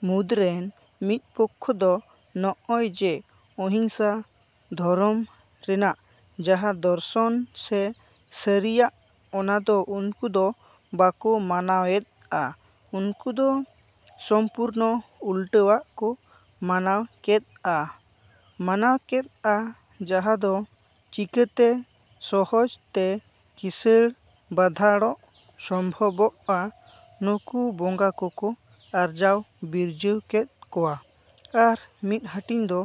ᱢᱩᱫᱽᱨᱮᱱ ᱢᱤᱫ ᱯᱚᱠᱷᱚ ᱫᱚ ᱱᱚᱜᱼᱚᱭᱡᱮ ᱚᱦᱤᱝᱥᱟ ᱫᱷᱚᱨᱚᱢ ᱨᱮᱱᱟᱜ ᱡᱟᱦᱟᱸ ᱫᱚᱨᱥᱚᱱ ᱥᱮ ᱥᱟᱹᱨᱤᱭᱟᱜ ᱚᱱᱟ ᱫᱚ ᱩᱱᱠᱩ ᱫᱚ ᱵᱟᱠᱚ ᱢᱟᱱᱟᱣᱮᱫᱼᱟ᱾ ᱩᱱᱠᱩ ᱫᱚ ᱥᱚᱢᱯᱩᱨᱱᱚ ᱩᱞᱴᱟᱹᱣᱟᱜ ᱠᱚ ᱢᱟᱱᱟᱣ ᱠᱮᱫᱼᱟ, ᱢᱟᱱᱟᱣ ᱠᱮᱫᱼᱟ ᱡᱟᱦᱟᱸ ᱫᱚ ᱪᱤᱠᱟᱹᱛᱮ ᱥᱚᱦᱚᱡᱽ ᱛᱮ ᱠᱤᱸᱥᱟᱹᱬ ᱵᱟᱸᱫᱷᱟᱲᱚᱜ ᱥᱚᱢᱵᱷᱚᱵᱚᱜᱼᱟ ᱱᱩᱠᱩ ᱵᱚᱸᱜᱟ ᱠᱚᱠᱚ ᱟᱨᱡᱟᱣ ᱵᱤᱨᱡᱟᱹᱣ ᱠᱮᱫ ᱠᱚᱣᱟ ᱟᱨ ᱢᱤᱫ ᱦᱟᱹᱴᱤᱧ ᱫᱚ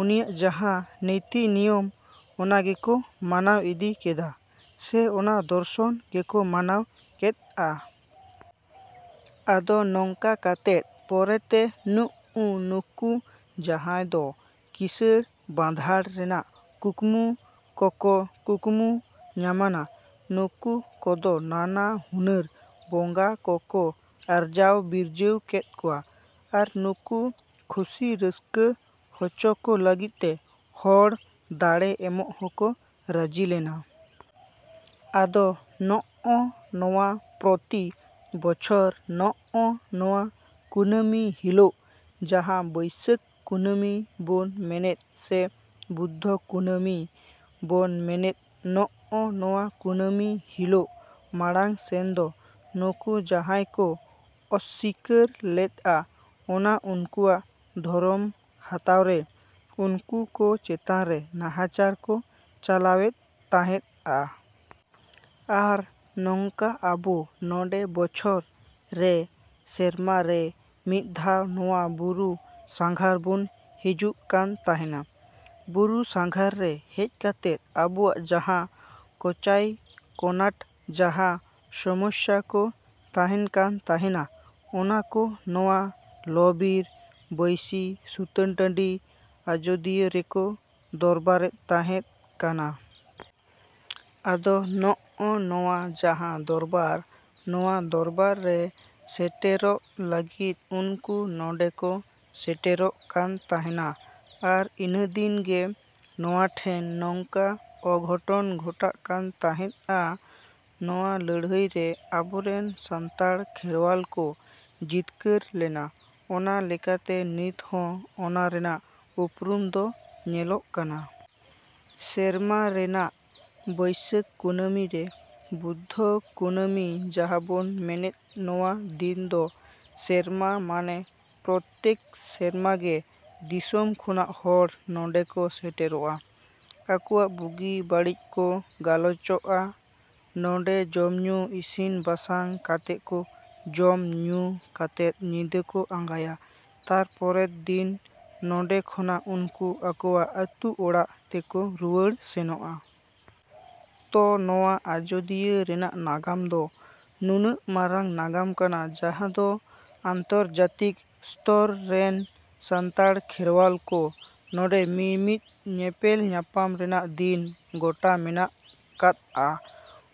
ᱩᱱᱤᱭᱟᱜ ᱡᱟᱦᱟᱸ ᱱᱤᱛᱤ ᱱᱤᱭᱚᱢ ᱚᱱᱟᱜᱮᱠᱚ ᱢᱟᱱᱟᱣ ᱤᱫᱤ ᱠᱮᱫᱟ ᱥᱮ ᱚᱱᱟ ᱫᱚᱨᱥᱚᱱ ᱜᱮᱠᱚ ᱢᱟᱱᱟᱣ ᱠᱮᱫᱼᱟ᱾ ᱟᱫᱚ ᱱᱚᱝᱠᱟ ᱠᱟᱛᱮᱫ ᱯᱚᱨᱮᱛᱮ ᱱᱩᱜᱼᱩ ᱱᱩᱠᱩ ᱡᱟᱦᱟᱸᱭ ᱫᱚ ᱠᱤᱸᱥᱟᱹᱬ ᱵᱟᱸᱫᱷᱟᱲ ᱨᱮᱱᱟᱜ ᱠᱩᱠᱢᱩ ᱠᱚᱠᱚ ᱠᱩᱠᱢᱩ ᱧᱟᱢᱟᱱᱟ ᱱᱩᱠᱩ ᱠᱚᱫᱚ ᱱᱟᱱᱟ ᱦᱩᱱᱟᱹᱨ ᱵᱚᱸᱜᱟ ᱠᱚᱠᱚ ᱟᱨᱡᱟᱣ ᱵᱤᱨᱡᱟᱹᱣ ᱠᱮᱫ ᱠᱚᱣᱟ ᱟᱨ ᱱᱩᱠᱩ ᱠᱷᱩᱥᱤ ᱨᱟᱹᱥᱠᱟᱹ ᱦᱚᱪᱚ ᱠᱚ ᱞᱟᱹᱜᱤᱫ ᱛᱮ ᱦᱚᱲ ᱫᱟᱬᱮ ᱮᱢᱚᱜ ᱠᱚ ᱨᱟᱡᱤᱞᱮᱱᱟ᱾ ᱟᱫᱚ ᱱᱚᱜᱼᱚ ᱱᱚᱣᱟ ᱯᱨᱚᱛᱤ ᱵᱚᱪᱷᱚᱨ ᱱᱚᱜᱼᱚ ᱱᱚᱣᱟ ᱠᱩᱱᱟᱹᱢᱤ ᱦᱤᱞᱳᱜ ᱡᱟᱦᱟᱸ ᱵᱟᱹᱭᱥᱟᱹᱠᱷ ᱠᱩᱱᱟᱹᱢᱤ ᱵᱚᱱ ᱢᱮᱱᱮᱫ ᱥᱮ ᱵᱩᱫᱽᱫᱷᱚ ᱠᱩᱱᱟᱹᱢᱤ ᱵᱚᱱ ᱢᱮᱱᱮᱫ ᱱᱚᱜᱼᱚ ᱱᱚᱣᱟ ᱠᱩᱱᱟᱹᱢᱤ ᱦᱤᱞᱳᱜ ᱢᱟᱲᱟᱝ ᱥᱮᱱ ᱫᱚ ᱱᱩᱠᱩ ᱡᱟᱦᱟᱸᱭ ᱠᱚ ᱚᱥᱥᱤᱠᱟᱹᱨ ᱞᱮᱫᱼᱟ ᱚᱱᱟ ᱩᱱᱠᱩᱣᱟᱜ ᱫᱷᱚᱨᱚᱢ ᱦᱟᱛᱟᱣᱨᱮ ᱩᱱᱠᱩ ᱠᱚ ᱪᱮᱛᱟᱱ ᱨᱮ ᱱᱟᱦᱟᱪᱟᱨ ᱠᱚ ᱪᱟᱞᱟᱣᱮᱫ ᱛᱟᱦᱮᱸᱫᱼᱟ᱾ ᱟᱨ ᱱᱚᱝᱠᱟ ᱟᱵᱚ ᱱᱚᱰᱮ ᱵᱚᱪᱷᱚᱨ ᱨᱮ ᱥᱮᱨᱢᱟ ᱨᱮ ᱢᱤᱫ ᱫᱷᱟᱣ ᱱᱚᱣᱟ ᱵᱩᱨᱩ ᱥᱟᱸᱜᱷᱟᱨ ᱵᱚᱱ ᱦᱤᱡᱩᱜ ᱠᱟᱱ ᱛᱟᱦᱮᱱᱟ᱾ ᱵᱩᱨᱩ ᱥᱟᱸᱜᱷᱟᱨ ᱨᱮ ᱦᱮᱡ ᱠᱟᱛᱮᱫ ᱟᱵᱚᱣᱟᱜ ᱡᱟᱦᱟᱸ ᱠᱚᱪᱟᱭ ᱠᱚᱱᱟᱴ ᱡᱟᱦᱟᱸ ᱥᱚᱢᱚᱥᱥᱟ ᱠᱚ ᱛᱟᱦᱮᱱ ᱠᱟᱱ ᱛᱟᱦᱮᱱᱟ ᱚᱱᱟ ᱠᱚ ᱱᱚᱣᱟ ᱞᱚᱼᱵᱤᱨ ᱵᱟᱹᱭᱥᱤ ᱥᱩᱛᱟᱹᱱ ᱴᱟᱺᱰᱤ ᱟᱡᱚᱫᱤᱭᱟᱹ ᱨᱮᱠᱚ ᱫᱚᱨᱵᱟᱨᱮᱫ ᱛᱟᱦᱮᱸᱫ ᱠᱟᱱᱟ᱾ ᱟᱫᱚ ᱱᱚᱜᱼᱚ ᱱᱚᱣᱟ ᱡᱟᱦᱟᱸ ᱫᱚᱨᱵᱟᱨ ᱱᱚᱣᱟ ᱫᱚᱨᱵᱟᱨ ᱨᱮ ᱥᱮᱴᱮᱨᱚᱜ ᱞᱟᱹᱜᱤᱫ ᱩᱱᱠᱩ ᱱᱚᱰᱮᱠᱚ ᱥᱮᱴᱮᱨᱚᱜ ᱠᱟᱱ ᱛᱟᱦᱮᱸᱱᱟ ᱟᱨ ᱤᱱᱟᱹᱫᱤᱱ ᱜᱮ ᱱᱚᱣᱟᱴᱷᱮᱱ ᱱᱚᱝᱠᱟ ᱚᱜᱷᱚᱴᱚᱱ ᱜᱷᱚᱴᱟᱜ ᱠᱟᱱ ᱛᱟᱦᱮᱸᱫᱼᱟ᱾ ᱱᱚᱣᱟ ᱞᱟᱹᱲᱦᱟᱹᱭᱨᱮ ᱟᱵᱚᱨᱮᱱ ᱥᱟᱱᱛᱟᱲ ᱠᱷᱮᱨᱣᱟᱞ ᱠᱚ ᱡᱤᱛᱠᱟᱹᱨ ᱞᱮᱱᱟ᱾ ᱚᱱᱟ ᱞᱮᱠᱟᱛᱮ ᱱᱤᱛ ᱦᱚᱸ ᱚᱱᱟᱨᱮᱱᱟᱜ ᱩᱯᱨᱩᱢ ᱫᱚ ᱧᱮᱞᱚᱜ ᱠᱟᱱᱟ᱾ ᱥᱮᱨᱢᱟ ᱨᱮᱱᱟᱜ ᱵᱟᱹᱭᱥᱟᱹᱠᱷ ᱠᱩᱱᱟᱹᱢᱤ ᱥᱮ ᱵᱩᱫᱽᱫᱷᱚ ᱠᱩᱱᱟᱹᱢᱤ ᱡᱟᱦᱟᱸ ᱵᱚᱱ ᱢᱮᱱᱮᱫ ᱱᱚᱣᱟ ᱫᱤᱱ ᱫᱚ ᱥᱮᱨᱢᱟ ᱢᱟᱱᱮ ᱯᱨᱚᱛᱛᱮᱠ ᱥᱮᱨᱢᱟᱜᱮ ᱫᱤᱥᱚᱢ ᱠᱷᱚᱱᱟᱜ ᱦᱚᱲ ᱱᱚᱰᱮᱠᱚ ᱥᱮᱴᱮᱨᱚᱜᱼᱟ᱾ ᱟᱠᱚᱣᱟᱜ ᱵᱩᱜᱤ ᱵᱟᱹᱲᱤᱡ ᱠᱚ ᱜᱟᱞᱚᱪᱚᱜᱼᱟ᱾ ᱱᱚᱰᱮ ᱡᱚᱢᱼᱧᱩ ᱤᱥᱤᱱ ᱵᱟᱥᱟᱝ ᱠᱟᱛᱮᱫ ᱠᱚ ᱡᱚᱢᱼᱧᱩ ᱠᱟᱛᱮᱫ ᱧᱤᱫᱟᱹ ᱠᱚ ᱟᱸᱜᱟᱭᱟ ᱛᱟᱨᱯᱚᱨᱮᱫ ᱫᱤᱱ ᱱᱚᱰᱮ ᱠᱷᱚᱱᱟᱜ ᱩᱱᱠᱩ ᱟᱠᱚᱣᱟᱜ ᱟᱹᱛᱩ ᱚᱲᱟᱜ ᱛᱮᱠᱚ ᱨᱩᱣᱟᱹᱲ ᱥᱮᱱᱚᱜᱼᱟ᱾ ᱛᱚ ᱱᱚᱣᱟ ᱟᱡᱚᱫᱤᱭᱟᱹ ᱨᱮᱱᱟᱜ ᱱᱟᱜᱟᱢ ᱫᱚ ᱱᱩᱱᱟᱹᱜ ᱢᱟᱨᱟᱝ ᱱᱟᱜᱟᱢ ᱠᱟᱱᱟ ᱡᱟᱦᱟᱸ ᱫᱚ ᱟᱱᱛᱚᱨᱡᱟᱛᱤᱠ ᱥᱛᱚᱨ ᱨᱮᱱ ᱥᱟᱱᱛᱟᱲ ᱠᱷᱮᱨᱣᱟᱞ ᱠᱚ ᱱᱚᱰᱮ ᱢᱤᱫ ᱫᱤᱱ ᱧᱮᱯᱮᱞ ᱧᱟᱯᱟᱢ ᱨᱮᱱᱟᱜ ᱫᱤᱱ ᱜᱚᱴᱟ ᱢᱮᱱᱟᱜ ᱠᱟᱫᱼᱟ᱾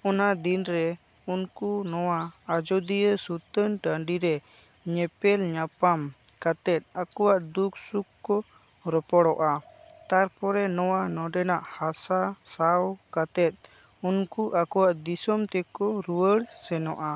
ᱚᱱᱟ ᱫᱤᱱᱨᱮ ᱩᱱᱠᱩ ᱱᱚᱣᱟ ᱟᱡᱚᱫᱤᱭᱟᱹ ᱥᱩᱛᱟᱹᱱ ᱴᱟᱺᱰᱤᱨᱮ ᱧᱮᱯᱮᱞ ᱧᱟᱯᱟᱢ ᱠᱟᱛᱮᱫ ᱟᱠᱚᱣᱟᱜ ᱫᱩᱠ ᱥᱩᱠ ᱠᱚ ᱨᱚᱯᱚᱲᱚᱜᱼᱟ ᱛᱟᱨᱯᱚᱨᱮ ᱱᱚᱣᱟ ᱱᱚᱰᱮᱱᱟᱜ ᱦᱟᱥᱟ ᱥᱟᱶ ᱠᱟᱛᱮᱫ ᱩᱱᱠᱩ ᱟᱠᱚᱣᱟᱜ ᱫᱤᱥᱚᱢ ᱛᱮᱠᱚ ᱨᱩᱣᱟᱹᱲ ᱥᱮᱱᱚᱜᱼᱟ᱾।